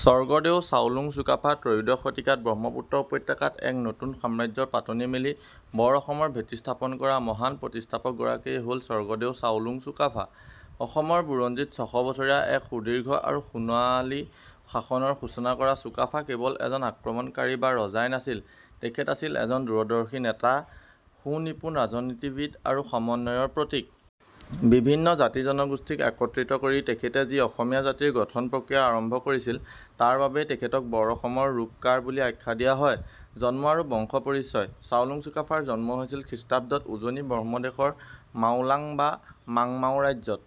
স্বৰ্গদেউ চাওলুং চুকাফা ত্ৰয়োদশ শতিকাত ব্ৰহ্মপুত্ৰ উপত্যকাত এক নতুন সাম্ৰাজ্যৰ পাতনি মেলি 'বৰ অসম'ৰ ভেটি স্থাপন কৰা মহান প্ৰতিষ্ঠাপক গৰাকীয়েই হ'ল স্বৰ্গদেউ চাওলুং চুকাফা। অসমৰ বুৰঞ্জীত ছশ বছৰীয়া এক সুদীৰ্ঘ আৰু সোণোৱালী শাসনৰ সূচনা কৰা চুকাফা কেৱল এজন আক্ৰমণকাৰী বা ৰজাই নাছিল, তেখেত আছিল এজন দূৰদৰ্শী নেতা, সুনিপুণ ৰাজনীতিবিদ আৰু সমন্বয়ৰ প্ৰতীক। বিভিন্ন জাতি-জনগোষ্ঠীক একত্ৰিত কৰি তেখেতে যি অসমীয়া জাতিৰ গঠন প্ৰক্ৰিয়া আৰম্ভ কৰিছিল, তাৰ বাবেই তেখেতক 'বৰ অসমৰ ৰূপকাৰ' বুলি আখ্যা দিয়া হয়। জন্ম আৰু বংশ পৰিচয়: চাওলুং চুকাফাৰ জন্ম হৈছিল খ্ৰীষ্টাব্দত, উজনি ব্ৰহ্মদেশৰ মাওলাং বা মং মাও ৰাজ্যত।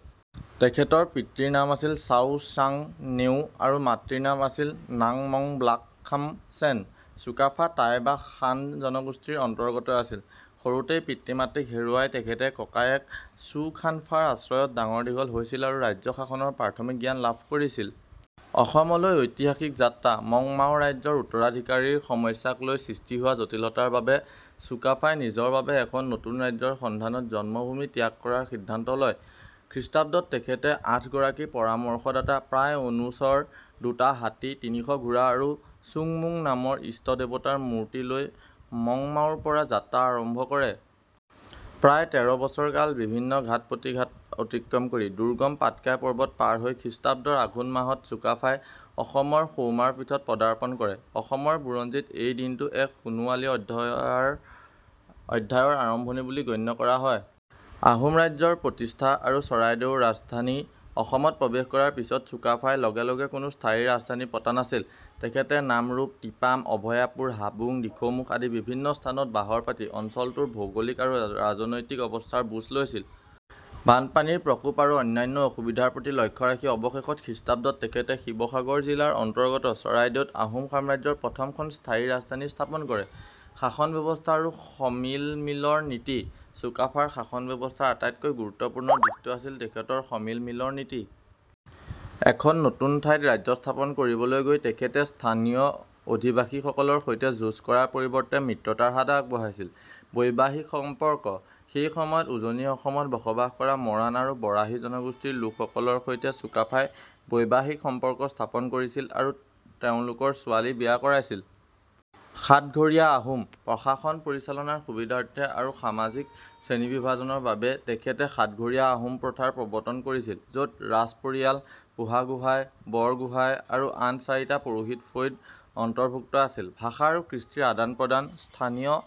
তেখেতৰ পিতৃৰ নাম আছিল চাও চাং-ন্যেউ আৰু মাতৃৰ নাম আছিল নাং-মং ব্লাক-খাম-চেন। চুকাফা টাই বা শান জনগোষ্ঠীৰ অন্তৰ্গত আছিল। সৰুতেই পিতৃ-মাতৃক হেৰুৱাই তেখেতে ককায়েক ছ্যু-খান-ফাৰ আশ্ৰয়ত ডাঙৰ-দীঘল হৈছিল আৰু ৰাজ্য শাসনৰ প্ৰাথমিক জ্ঞান লাভ কৰিছিল। অসমলৈ ঐতিহাসিক যাত্ৰা: মং মাও ৰাজ্যৰ উত্তৰাধিকাৰীৰ সমস্যাক লৈ সৃষ্টি হোৱা জটিলতাৰ বাবে চুকাফাই নিজৰ বাবে এখন নতুন ৰাজ্যৰ সন্ধানত জন্মভূমি ত্যাগ কৰাৰ সিদ্ধান্ত লয়। খ্ৰীষ্টাব্দত তেখেতে আঠগৰাকী পৰামৰ্শদাতা, প্ৰায় অনুচৰ, দুটা হাতী, তিনিশ ঘোঁৰা আৰু চুংমং নামৰ ইষ্টদেৱতাৰ মূৰ্তি লৈ মং মাওৰ পৰা যাত্ৰা আৰম্ভ কৰে। প্ৰায় তেৰ বছৰ কাল বিভিন্ন ঘাত-প্ৰতিঘাত অতিক্ৰম কৰি, দুৰ্গম পাটকাই পৰ্বত পাৰ হৈ খ্ৰীষ্টাব্দৰ আঘোণ মাহত চুকাফাই অসমৰ সৌমাৰপীঠত পদাৰ্পণ কৰে। অসমৰ বুৰঞ্জীত এই দিনটো এক সোণোৱালী অধ্যায়ৰ আৰম্ভণি বুলি গণ্য কৰা হয়। আহোম ৰাজ্যৰ প্ৰতিষ্ঠা আৰু চৰাইদেউৰ ৰাজধানী: অসমত প্ৰৱেশ কৰাৰ পিছত চুকাফাই লগে লগে কোনো স্থায়ী ৰাজধানী পতা নাছিল। তেখেতে নামৰূপ, টিপাম, অভয়াপুৰ, হাবুং, দিখৌমুখ আদি বিভিন্ন স্থানত বাহৰ পাতি অঞ্চলটোৰ ভৌগোলিক আৰু ৰাজনৈতিক অৱস্থাৰ বুজ লৈছিল। বানপানীৰ প্ৰকোপ আৰু অন্যান্য অসুবিধাৰ প্ৰতি লক্ষ্য ৰাখি অৱশেষত খ্ৰীষ্টাব্দত তেখেতে শিৱসাগৰ জিলাৰ অন্তৰ্গত চৰাইদেউত আহোম সাম্ৰাজ্যৰ প্ৰথমখন স্থায়ী ৰাজধানী স্থাপন কৰে। শাসন ব্যৱস্থা আৰু সমিলমিলৰ নীতি: চুকাফাৰ শাসন ব্যৱস্থাৰ আটাইতকৈ গুৰুত্বপূৰ্ণ দিশটো আছিল তেখেতৰ 'সমিলমিলৰ নীতি'। এখন নতুন ঠাইত ৰাজ্য স্থাপন কৰিবলৈ গৈ তেখেতে স্থানীয় অধিবাসীসকলৰ সৈতে যুদ্ধ কৰাৰ পৰিৱৰ্তে মিত্ৰতাৰ হাত আগবঢ়াইছিল। বৈবাহিক সম্পৰ্ক: সেই সময়ত উজনি অসমত বসবাস কৰা মৰাণ আৰু বৰাহী জনগোষ্ঠীৰ লোকসকলৰ সৈতে চুকাফাই বৈবাহিক সম্পৰ্ক স্থাপন কৰিছিল আৰু তেওঁলোকৰ ছোৱালী বিয়া কৰাইছিল। সাতঘৰীয়া আহোম: প্ৰশাসন পৰিচালনাৰ সুবিধাৰ্থে আৰু সামাজিক শ্ৰেণীবিভাজনৰ বাবে তেখেতে 'সাতঘৰীয়া আহোম' প্ৰথাৰ প্ৰৱৰ্তন কৰিছিল, য'ত ৰাজপৰিয়াল, বুঢ়াগোঁহাই, বৰগোঁহাই আৰু আন চাৰিটা পুৰোহিত ফৈদ অন্তৰ্ভুক্ত আছিল। ভাষা আৰু কৃষ্টিৰ আদান-প্ৰদান: স্থানীয়